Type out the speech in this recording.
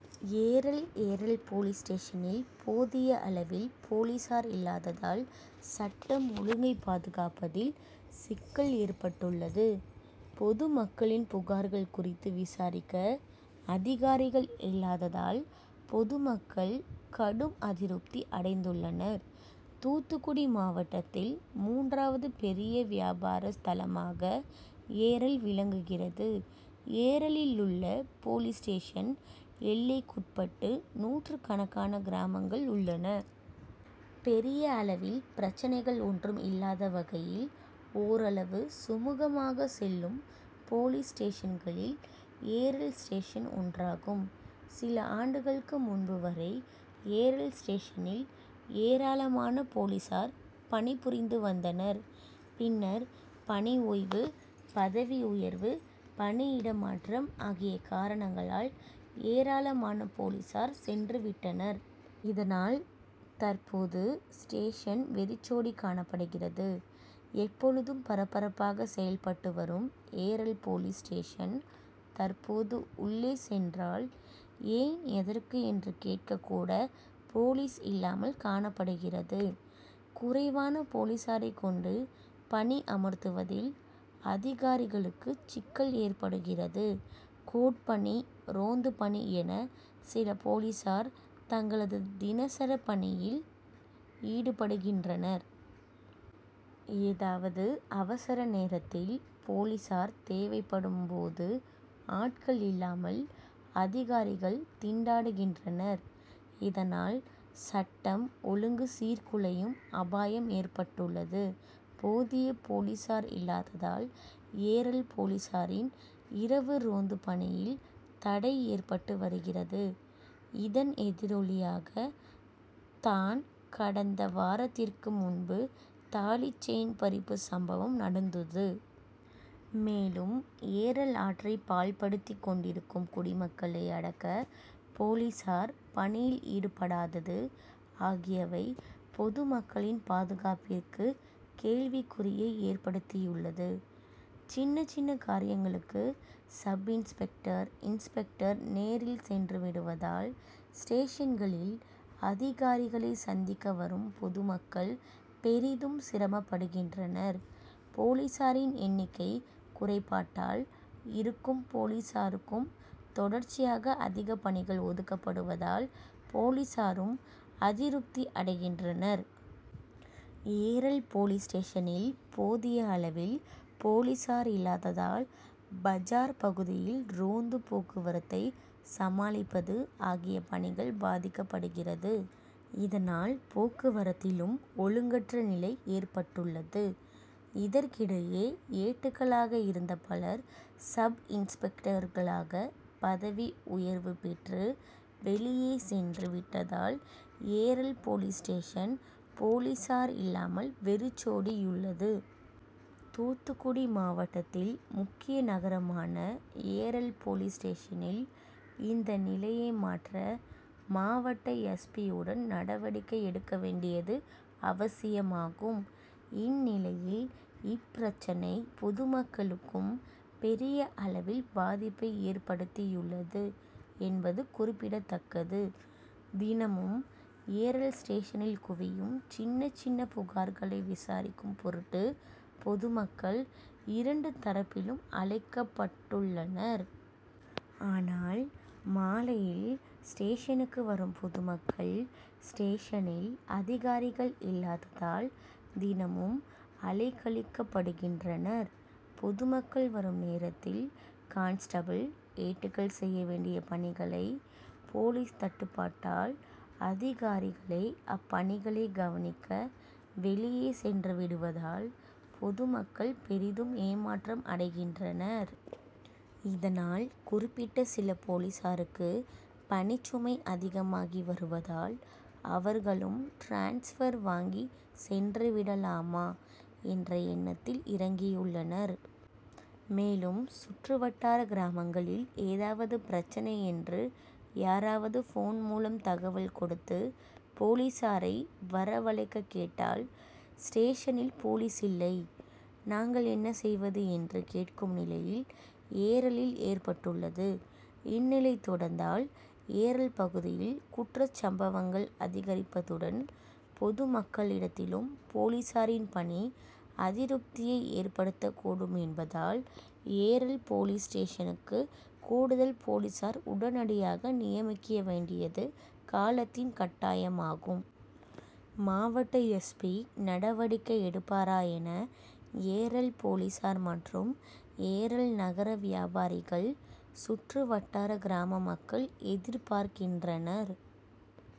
ஏரல் ஏரல்போலீஸ் ஸ்டேஷனில் போதிய அளவில் போலீசார் இல்லாததால் சட்டம் ஒழுங்கை பாதுகாப்பதில் சிக்கல் ஏற்பட்டுள்ளது. பொதுமக்களின் புகார்கள் குறித்து விசாரிக்க அதிகாரிகள் இல்லாததால் பொதுமக்கள் கடும் அதிருப்தி அடைந்துள்ளனர். தூத்துக்குடி மாவட்டத்தில் மூன்றாவது பெரிய வியாபார ஸ்தலமாக ஏரல் விளங்குகிறது. ஏரலில் உள்ள போலீஸ் ஸ்டேஷன் எல்லைக்குட்பட்டு நூற்றுக்கணக்கான கிராமங்கள் உள்ளன. பெரிய அளவில் பிரச்னைகள் ஒன்றும் இல்லாத வகையில் ஓரளவு சுமூகமாக செல்லும் போலீஸ் ஸ்டேஷன்களில் ஏரல் ஸ்டேஷன் ஒன்றாகும். சில ஆண்டுகளுக்கு முன்பு வரை ஏரல் ஸ்டேஷனில் ஏராளமான போலீசார் பணிபுரிந்து வந்தனர். பின்னர் பணி ஓய்வு, பதவி உயர்வு, பணி இடமாற்றம் ஆகிய காரணங்களால் ஏராளமான போலீசார் சென்றுவிட்டனர். இதனால் தற்போது ஸ்டேஷன் வெறிச்சோடி காணப்படுகிறது. எப்பொழுதும் பரபரப்பாக செயல்பட்டு வரும் ஏரல் போலீஸ் ஸ்டேஷன் தற்போது உள்ளே சென்றால் ஏன் எதற்கு என்று கேட்க கூட போலீஸ் இல்லாமல் காணப்படுகிறது. குறைவான போலீசாரைக் கொண்டு பணி அமர்த்துவதில் அதிகாரிகளுக்கு சிக்கல் ஏற்படுகிறது. கோர்ட் பணி, ரோந்து பணி என சில போலீசார் தங்களது தினசரி பணியில் ஈடுபடுகின்றனர். ஏதாவது அவசர நேரத்தில் போலீசார் தேவைப்படும் போது ஆட்கள் இல்லாமல் அதிகாரிகள் திண்டாடுகின்றனர். இதனால் சட்டம் ஒழுங்கு சீர்குலையும் அபாயம் ஏற்பட்டுள்ளது. போதிய போலீசார் இல்லாததால் ஏரல் போலீசாரின் இரவு ரோந்து பணியில் தடை ஏற்பட்டு வருகிறது. இதன் எதிரொலியாக தான் கடந்த வாரத்திற்கு முன்பு தாலிசெயின் பறிப்பு சம்பவம் நடந்தது. மேலும் ஏரல் ஆற்றை பாழ்படுத்தி கொண்டிருக்கும் குடிமக்களை அடக்க போலீசார் பணியில் ஈடுபடாதது ஆகியவை பொதுமக்களின் பாதுகாப்பிற்கு கேள்விக்குறியை ஏற்படுத்தியுள்ளது. சின்ன சின்ன காரியங்களுக்கு சப்-இன்ஸ்பெக்டர், இன்ஸ்பெக்டர் நேரில் சென்று விடுவதால் ஸ்டேஷன்களில் அதிகாரிகளை சந்திக்க வரும் பொதுமக்கள் பெரிதும் சிரமப்படுகின்றனர். போலீசாரின் எண்ணிக்கை குறைபாட்டால் இருக்கும் போலீசாருக்கும் தொடர்ச்சியாக அதிக பணிகள் ஒதுக்கப்படுவதால் போலீசாரும் அதிருப்தி அடைகின்றனர். ஏரல் போலீஸ் ஸ்டேஷனில் போதிய அளவில் போலீசார் இல்லாததால் பஜார் பகுதியில் ரோந்து, போக்குவரத்தை சமாளிப்பது ஆகிய பணிகள் பாதிக்கப்படுகிறது. இதனால் போக்குவரத்திலும் ஒழுங்கற்ற நிலை ஏற்பட்டுள்ளது. இதற்கிடையே ஏட்டுக்களாக இருந்த பலர் சப்-இன்ஸ்பெக்டர்களாக பதவி உயர்வு பெற்று வெளியே சென்று விட்டதால் ஏரல் போலீஸ் ஸ்டேஷன் போலீசார் இல்லாமல் வெறிச்சோடியுள்ளது. தூத்துக்குடி மாவட்டத்தில் முக்கிய நகரமான ஏரல் போலீஸ் ஸ்டேஷனில் இந்த நிலையை மாற்ற மாவட்ட எஸ். பி., உடன் நடவடிக்கை எடுக்க வேண்டியது அவசியமாகும். இந்நிலையில் இப்பிரச்சனை பொதுமக்களுக்கும் பெரிய அளவில் பாதிப்பை ஏற்படுத்தியுள்ளது என்பது குறிப்பிடத்தக்கது. தினமும் ஏரல் ஸ்டேஷனில் குவியும் சின்ன சின்ன புகார்களை விசாரிக்கும் பொருட்டு பொதுமக்கள் இரண்டு தரப்பிலும் அழைக்கப்பட்டுள்ளனர். ஆனால் மாலையில் ஸ்டேஷனுக்கு வரும் பொதுமக்கள் ஸ்டேஷனில் அதிகாரிகள் இல்லாததால் தினமும் அலைக்கழிக்கப்படுகின்றனர். பொதுமக்கள் வரும் நேரத்தில் கான்ஸ்டபிள், ஏட்டுக்கள் செய்யவேண்டிய பணிகளை போலீஸ் தட்டுப்பாட்டால் அதிகாரிகளே அப்பணிகளை கவனிக்க வெளியே சென்றுவிடுவதால் பொதுமக்கள் பெரிதும் ஏமாற்றம் அடைகின்றனர். இதனால் குறிப்பிட்ட சில போலீசாருக்கு பணிசுமை அதிகமாகி வருவதால் அவர்களும் டிரான்ஸ்பர் வாங்கி சென்றுவிடலாமா என்ற எண்ணத்தில் இறங்கியுள்ளனர். மேலும், சுற்றுவட்டார கிராமங்களில் ஏதாவது பிரச்னை என்று யாராவது போன் மூலம் தகவல் கொடுத்து போலீசாரை வரவழைக்க கேட்டால் ஸ்டேஷனில் போலீஸ் இல்லை நாங்கள் என்ன செய்வது என்று கேட்கும் நிலை ஏரலில் ஏற்பட்டுள்ளது. இந்நிலை தொடர்ந்தால் ஏரல் பகுதியில் குற்ற சம்பவங்கள் அதிகரிப்பதுடன் பொது மக்களிடத்திலும் போலீசாரின் பணி அதிருப்தியை ஏற்டுத்தக் கூடும் என்பதால் ஏரல் போலீஸ் ஸ்டேஷனுக்கு கூடுதல் போலீசார் உடனடியாக நியமிக்க வேண்டியது காலத்தின் கட்டாயமாகும். மாவட்ட எஸ். பி.,நடவடிக்கை எடுப்பாரா என ஏரல் போலீசார் மற்றும் ஏரல் நகர வியாபாரிகள், சுற்று வட்டார கிராமமக்கள் எதிர்பார்க்கின்றனர்.